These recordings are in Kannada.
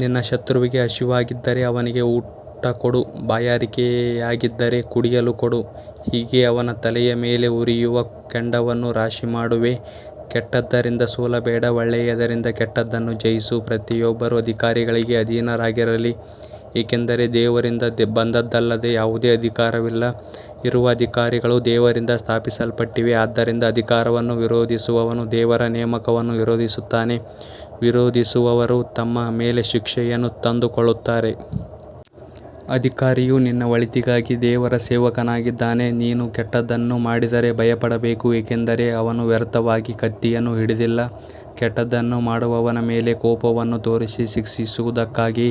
ನಿನ್ನ ಶತ್ರುವಿಗೆ ಹಸಿವಾಗಿದ್ದರೆ ಅವನಿಗೆ ಊಟಕೊಡು, ಬಾಯಾರಿಕೆಯಾಗಿದ್ದರೆ ಕುಡಿಯಲು ಕೊಡು, ಹೀಗೆ ಅವನ ತಲೆಯ ಮೇಲೆ ಉರಿಯುವ ಕೆಂಡವನ್ನು ರಾಶಿಮಾಡುವೆ. ಕೆಟ್ಟದ್ದರಿಂದ ಸೋಲಬೇಡ, ಒಳ್ಳೆಯದರಿಂದ ಕೆಟ್ಟದ್ದನ್ನು ಜಯಿಸು. ಪ್ರತಿಯೊಬ್ಬರೂ ಅಧಿಕಾರಿಗಳಿಗೆ ಅಧೀನರಾಗಿರಲಿ, ಏಕೆಂದರೆ ದೇವರಿಂದ ಬಂದದ್ದಲ್ಲದೆ ಯಾವುದೇ ಅಧಿಕಾರವಿಲ್ಲ, ಇರುವ ಅಧಿಕಾರಗಳು ದೇವರಿಂದ ಸ್ಥಾಪಿಸಲ್ಪಟ್ಟಿವೆ. ಆದ್ದರಿಂದ ಅಧಿಕಾರವನ್ನು ವಿರೋಧಿಸುವವನು ದೇವರ ನೇಮಕವನ್ನು ವಿರೋಧಿಸುತ್ತಾನೆ, ವಿರೋಧಿಸುವವರು ತಮ್ಮ ಮೇಲೆ ಶಿಕ್ಷೆಯನ್ನು ತಂದುಕೊಳ್ಳುತ್ತಾರೆ. ಅಧಿಕಾರಿಯು ನಿನ್ನ ಒಳಿತಿಗಾಗಿ ದೇವರ ಸೇವಕನಾಗಿದ್ದಾನೆ. ನೀನು ಕೆಟ್ಟದ್ದನ್ನು ಮಾಡಿದರೆ ಭಯಪಡಬೇಕು, ಏಕೆಂದರೆ ಅವನು ವ್ಯರ್ಥವಾಗಿ ಕತ್ತಿಯನ್ನು ಹಿಡಿದಿಲ್ಲ. ಕೆಟ್ಟದ್ದನ್ನು ಮಾಡುವವನ ಮೇಲೆ ಕೋಪವನ್ನು ತೋರಿಸಿ ಶಿಕ್ಷಿಸುವುದಕ್ಕಾಗಿ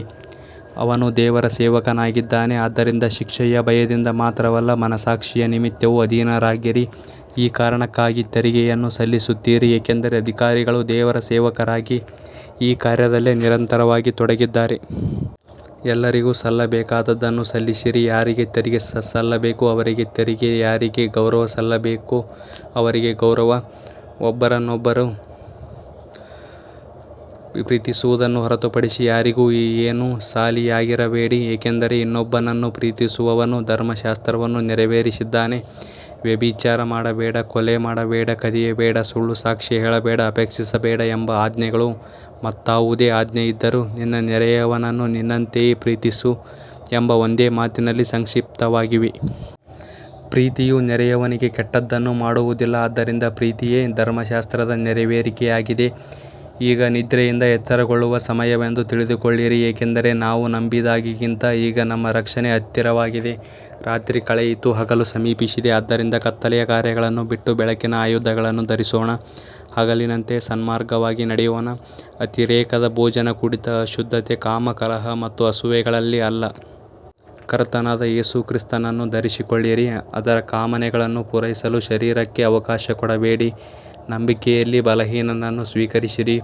ಅವನು ದೇವರ ಸೇವಕನಾಗಿದ್ದಾನೆ. ಆದ್ದರಿಂದ ಶಿಕ್ಷೆಯ ಭಯದಿಂದ ಮಾತ್ರವಲ್ಲ, ಮನಸ್ಸಾಕ್ಷಿಯ ನಿಮಿತ್ತವೂ ಅಧೀನರಾಗಿರಿ. ಈ ಕಾರಣಕ್ಕಾಗಿ ತೆರಿಗೆಯನ್ನೂ ಸಲ್ಲಿಸುತ್ತೀರಿ, ಏಕೆಂದರೆ ಅಧಿಕಾರಿಗಳು ದೇವರ ಸೇವಕರಾಗಿ ಈ ಕಾರ್ಯದಲ್ಲೇ ನಿರಂತರವಾಗಿ ತೊಡಗಿದ್ದಾರೆ. ಎಲ್ಲರಿಗೂ ಸಲ್ಲಬೇಕಾದದ್ದನ್ನು ಸಲ್ಲಿಸಿರಿ, ಯಾರಿಗೆ ತೆರಿಗೆ ಸಲ್ಲಬೇಕೋ ಅವರಿಗೆ ತೆರಿಗೆ, ಯಾರಿಗೆ ಗೌರವ ಸಲ್ಲಬೇಕೋ ಅವರಿಗೆ ಗೌರವ. ಒಬ್ಬರನ್ನೊಬ್ಬರು ಪ್ರೀತಿಸುವುದನ್ನು ಹೊರತುಪಡಿಸಿ ಯಾರಿಗೂ ಏನೂ ಸಾಲಿಯಾಗಿರಬೇಡಿ, ಏಕೆಂದರೆ ಇನ್ನೊಬ್ಬನನ್ನು ಪ್ರೀತಿಸುವವನು ಧರ್ಮಶಾಸ್ತ್ರವನ್ನು ನೆರವೇರಿಸಿದ್ದಾನೆ. ವ್ಯಭಿಚಾರ ಮಾಡಬೇಡ, ಕೊಲೆ ಮಾಡಬೇಡ, ಕದಿಯಬೇಡ, ಸುಳ್ಳು ಸಾಕ್ಷಿ ಹೇಳಬೇಡ, ಅಪೇಕ್ಷಿಸಬೇಡ ಎಂಬ ಆಜ್ಞೆಗಳೂ ಮತ್ತಾವುದೇ ಆಜ್ಞೆಯಿದ್ದರೂ, ನಿನ್ನ ನೆರೆಯವನನ್ನು ನಿನ್ನಂತೆಯೇ ಪ್ರೀತಿಸು ಎಂಬ ಒಂದೇ ಮಾತಿನಲ್ಲಿ ಸಂಕ್ಷಿಪ್ತವಾಗಿವೆ. ಪ್ರೀತಿಯು ನೆರೆಯವನಿಗೆ ಕೆಟ್ಟದ್ದನ್ನು ಮಾಡುವುದಿಲ್ಲ, ಆದ್ದರಿಂದ ಪ್ರೀತಿಯೇ ಧರ್ಮಶಾಸ್ತ್ರದ ನೆರವೇರಿಕೆಯಾಗಿದೆ. ಈಗ ನಿದ್ರೆಯಿಂದ ಎಚ್ಚರಗೊಳ್ಳುವ ಸಮಯವೆಂದು ತಿಳಿದುಕೊಳ್ಳಿರಿ, ಏಕೆಂದರೆ ನಾವು ನಂಬಿದಾಗಿಗಿಂತ ಈಗ ನಮ್ಮ ರಕ್ಷಣೆ ಹತ್ತಿರವಾಗಿದೆ. ರಾತ್ರಿ ಕಳೆಯಿತು, ಹಗಲು ಸಮೀಪಿಸಿದೆ. ಆದ್ದರಿಂದ ಕತ್ತಲೆಯ ಕಾರ್ಯಗಳನ್ನು ಬಿಟ್ಟು ಬೆಳಕಿನ ಆಯುಧಗಳನ್ನು ಧರಿಸೋಣ. ಹಗಲಿನಂತೆ ಸನ್ಮಾರ್ಗವಾಗಿ ನಡೆಯೋಣ, ಅತಿರೇಕದ ಭೋಜನ, ಕುಡಿತ, ಅಶುದ್ಧತೆ, ಕಾಮ, ಕಲಹ ಮತ್ತು ಅಸೂಯೆಗಳಲ್ಲಿ ಅಲ್ಲ. ಕರ್ತನಾದ ಯೇಸು ಕ್ರಿಸ್ತನನ್ನು ಧರಿಸಿಕೊಳ್ಳಿರಿ, ಅದರ ಕಾಮನೆಗಳನ್ನು ಪೂರೈಸಲು ಶರೀರಕ್ಕೆ ಅವಕಾಶ ಕೊಡಬೇಡಿ. ನಂಬಿಕೆಯಲ್ಲಿ ಬಲಹೀನನನ್ನು ಸ್ವೀಕರಿಸಿರಿ,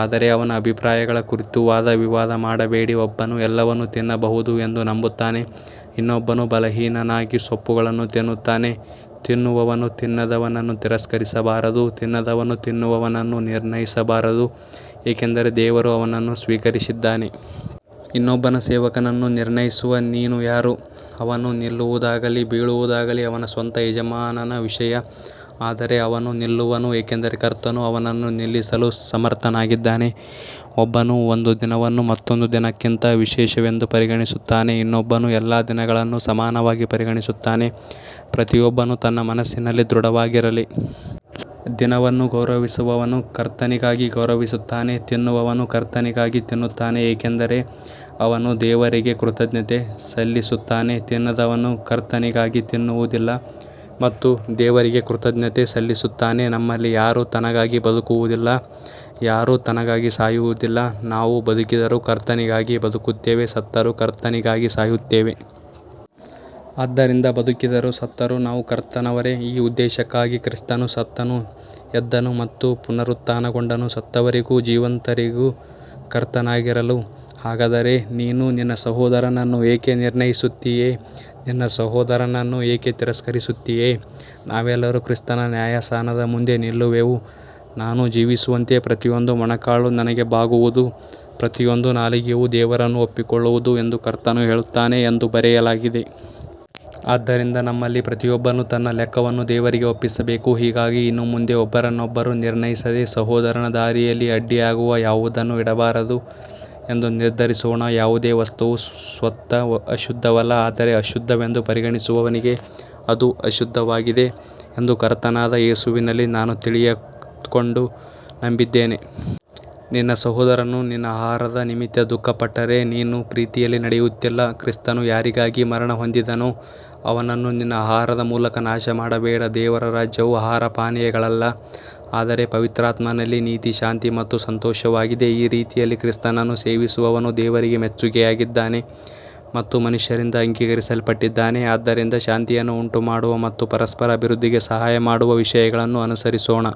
ಆದರೆ ಅವನ ಅಭಿಪ್ರಾಯಗಳ ಕುರಿತು ವಾದವಿವಾದ ಮಾಡಬೇಡಿ. ಒಬ್ಬನು ಎಲ್ಲವನ್ನೂ ತಿನ್ನಬಹುದು ಎಂದು ನಂಬುತ್ತಾನೆ, ಇನ್ನೊಬ್ಬನು ಬಲಹೀನನಾಗಿ ಸೊಪ್ಪುಗಳನ್ನು ತಿನ್ನುತ್ತಾನೆ. ತಿನ್ನುವವನು ತಿನ್ನದವನನ್ನು ತಿರಸ್ಕರಿಸಬಾರದು, ತಿನ್ನದವನು ತಿನ್ನುವವನನ್ನು ನಿರ್ಣಯಿಸಬಾರದು, ಏಕೆಂದರೆ ದೇವರು ಅವನನ್ನು ಸ್ವೀಕರಿಸಿದ್ದಾನೆ. ಇನ್ನೊಬ್ಬನ ಸೇವಕನನ್ನು ನಿರ್ಣಯಿಸುವ ನೀನು ಯಾರು. ಅವನು ನಿಲ್ಲುವುದಾಗಲಿ ಬೀಳುವುದಾಗಲಿ ಅವನ ಸ್ವಂತ ಯಜಮಾನನ ವಿಷಯ, ಆದರೆ ಅವನು ನಿಲ್ಲುವನು, ಏಕೆಂದರೆ ಕರ್ತನು ಅವನನ್ನು ನಿಲ್ಲಿಸಲು ಸಮರ್ಥನಾಗಿದ್ದಾನೆ. ಒಬ್ಬನು ಒಂದು ದಿನವನ್ನು ಮತ್ತೊಂದು ದಿನಕ್ಕಿಂತ ವಿಶೇಷವೆಂದು ಪರಿಗಣಿಸುತ್ತಾನೆ, ಇನ್ನೊಬ್ಬನು ಎಲ್ಲ ದಿನಗಳನ್ನೂ ಸಮಾನವಾಗಿ ಪರಿಗಣಿಸುತ್ತಾನೆ. ಪ್ರತಿಯೊಬ್ಬನು ತನ್ನ ಮನಸ್ಸಿನಲ್ಲಿ ದೃಢವಾಗಿರಲಿ. ದಿನವನ್ನು ಗೌರವಿಸುವವನು ಕರ್ತನಿಗಾಗಿ ಗೌರವಿಸುತ್ತಾನೆ. ತಿನ್ನುವವನು ಕರ್ತನಿಗಾಗಿ ತಿನ್ನುತ್ತಾನೆ, ಏಕೆಂದರೆ ಅವನು ದೇವರಿಗೆ ಕೃತಜ್ಞತೆ ಸಲ್ಲಿಸುತ್ತಾನೆ. ತಿನ್ನದವನೂ ಕರ್ತನಿಗಾಗಿ ತಿನ್ನುವುದಿಲ್ಲ ಮತ್ತು ದೇವರಿಗೆ ಕೃತಜ್ಞತೆ ಸಲ್ಲಿಸುತ್ತಾನೆ. ನಮ್ಮಲ್ಲಿ ಯಾರೂ ತನಗಾಗಿ ಬದುಕುವುದಿಲ್ಲ, ಯಾರೂ ತನಗಾಗಿ ಸಾಯುವುದಿಲ್ಲ. ನಾವು ಬದುಕಿದರೂ ಕರ್ತನಿಗಾಗಿ ಬದುಕುತ್ತೇವೆ, ಸತ್ತರೂ ಕರ್ತನಿಗಾಗಿ ಸಾಯುತ್ತೇವೆ. ಆದ್ದರಿಂದ ಬದುಕಿದರೂ ಸತ್ತರೂ ನಾವು ಕರ್ತನವರೇ. ಈ ಉದ್ದೇಶಕ್ಕಾಗಿ ಕ್ರಿಸ್ತನು ಸತ್ತನು, ಎದ್ದನು ಮತ್ತು ಪುನರುತ್ಥಾನಗೊಂಡನು, ಸತ್ತವರಿಗೂ ಜೀವಂತರಿಗೂ ಕರ್ತನಾಗಿರಲು. ಹಾಗಾದರೆ ನೀನು ನಿನ್ನ ಸಹೋದರನನ್ನು ಏಕೆ ನಿರ್ಣಯಿಸುತ್ತೀಯೆ, ನಿನ್ನ ಸಹೋದರನನ್ನು ಏಕೆ ತಿರಸ್ಕರಿಸುತ್ತೀಯೆ. ನಾವೆಲ್ಲರೂ ಕ್ರಿಸ್ತನ ನ್ಯಾಯಾಸನದ ಮುಂದೆ ನಿಲ್ಲುವೆವು. ನಾನು ಜೀವಿಸುವಂತೆ, ಪ್ರತಿಯೊಂದು ಮೊಣಕಾಲು ನನಗೆ ಬಾಗುವುದು, ಪ್ರತಿಯೊಂದು ನಾಲಿಗೆಯೂ ದೇವರನ್ನು ಒಪ್ಪಿಕೊಳ್ಳುವುದು ಎಂದು ಕರ್ತನು ಹೇಳುತ್ತಾನೆ ಎಂದು ಬರೆಯಲಾಗಿದೆ. ಆದ್ದರಿಂದ ನಮ್ಮಲ್ಲಿ ಪ್ರತಿಯೊಬ್ಬನು ತನ್ನ ಲೆಕ್ಕವನ್ನು ದೇವರಿಗೆ ಒಪ್ಪಿಸಬೇಕು. ಹೀಗಾಗಿ ಇನ್ನು ಮುಂದೆ ಒಬ್ಬರನ್ನೊಬ್ಬರು ನಿರ್ಣಯಿಸದೆ, ಸಹೋದರನ ದಾರಿಯಲ್ಲಿ ಅಡ್ಡಿಯಾಗುವ ಯಾವುದನ್ನೂ ಇಡಬಾರದು ಎಂದು ನಿರ್ಧರಿಸೋಣ. ಯಾವುದೇ ವಸ್ತುವೂ ಸ್ವತಃ ಅಶುದ್ಧವಲ್ಲ, ಆದರೆ ಅಶುದ್ಧವೆಂದು ಪರಿಗಣಿಸುವವನಿಗೆ ಅದು ಅಶುದ್ಧವಾಗಿದೆ ಎಂದು ಕರ್ತನಾದ ಯೇಸುವಿನಲ್ಲಿ ನಾನು ತಿಳಿದುಕೊಂಡು ನಂಬಿದ್ದೇನೆ. ನಿನ್ನ ಸಹೋದರನು ನಿನ್ನ ಆಹಾರದ ನಿಮಿತ್ತ ದುಃಖಪಟ್ಟರೆ, ನೀನು ಪ್ರೀತಿಯಲ್ಲಿ ನಡೆಯುತ್ತಿಲ್ಲ. ಕ್ರಿಸ್ತನು ಯಾರಿಗಾಗಿ ಮರಣಹೊಂದಿದನೋ, ಅವನನ್ನು ನಿನ್ನ ಆಹಾರದ ಮೂಲಕ ನಾಶಮಾಡಬೇಡ. ದೇವರ ರಾಜ್ಯವು ಆಹಾರಪಾನೀಯಗಳಲ್ಲ, ಆದರೆ ಪವಿತ್ರಾತ್ಮನಲ್ಲಿ ನೀತಿ, ಶಾಂತಿ ಮತ್ತು ಸಂತೋಷವಾಗಿದೆ. ಈ ರೀತಿಯಲ್ಲಿ ಕ್ರಿಸ್ತನನ್ನು ಸೇವಿಸುವವನು ದೇವರಿಗೆ ಮೆಚ್ಚುಗೆಯಾಗಿದ್ದಾನೆ ಮತ್ತು ಮನುಷ್ಯರಿಂದ ಅಂಗೀಕರಿಸಲ್ಪಟ್ಟಿದ್ದಾನೆ. ಆದ್ದರಿಂದ ಶಾಂತಿಯನ್ನು ಉಂಟುಮಾಡುವ ಮತ್ತು ಪರಸ್ಪರ ಅಭಿವೃದ್ಧಿಗೆ ಸಹಾಯಮಾಡುವ ವಿಷಯಗಳನ್ನು ಅನುಸರಿಸೋಣ.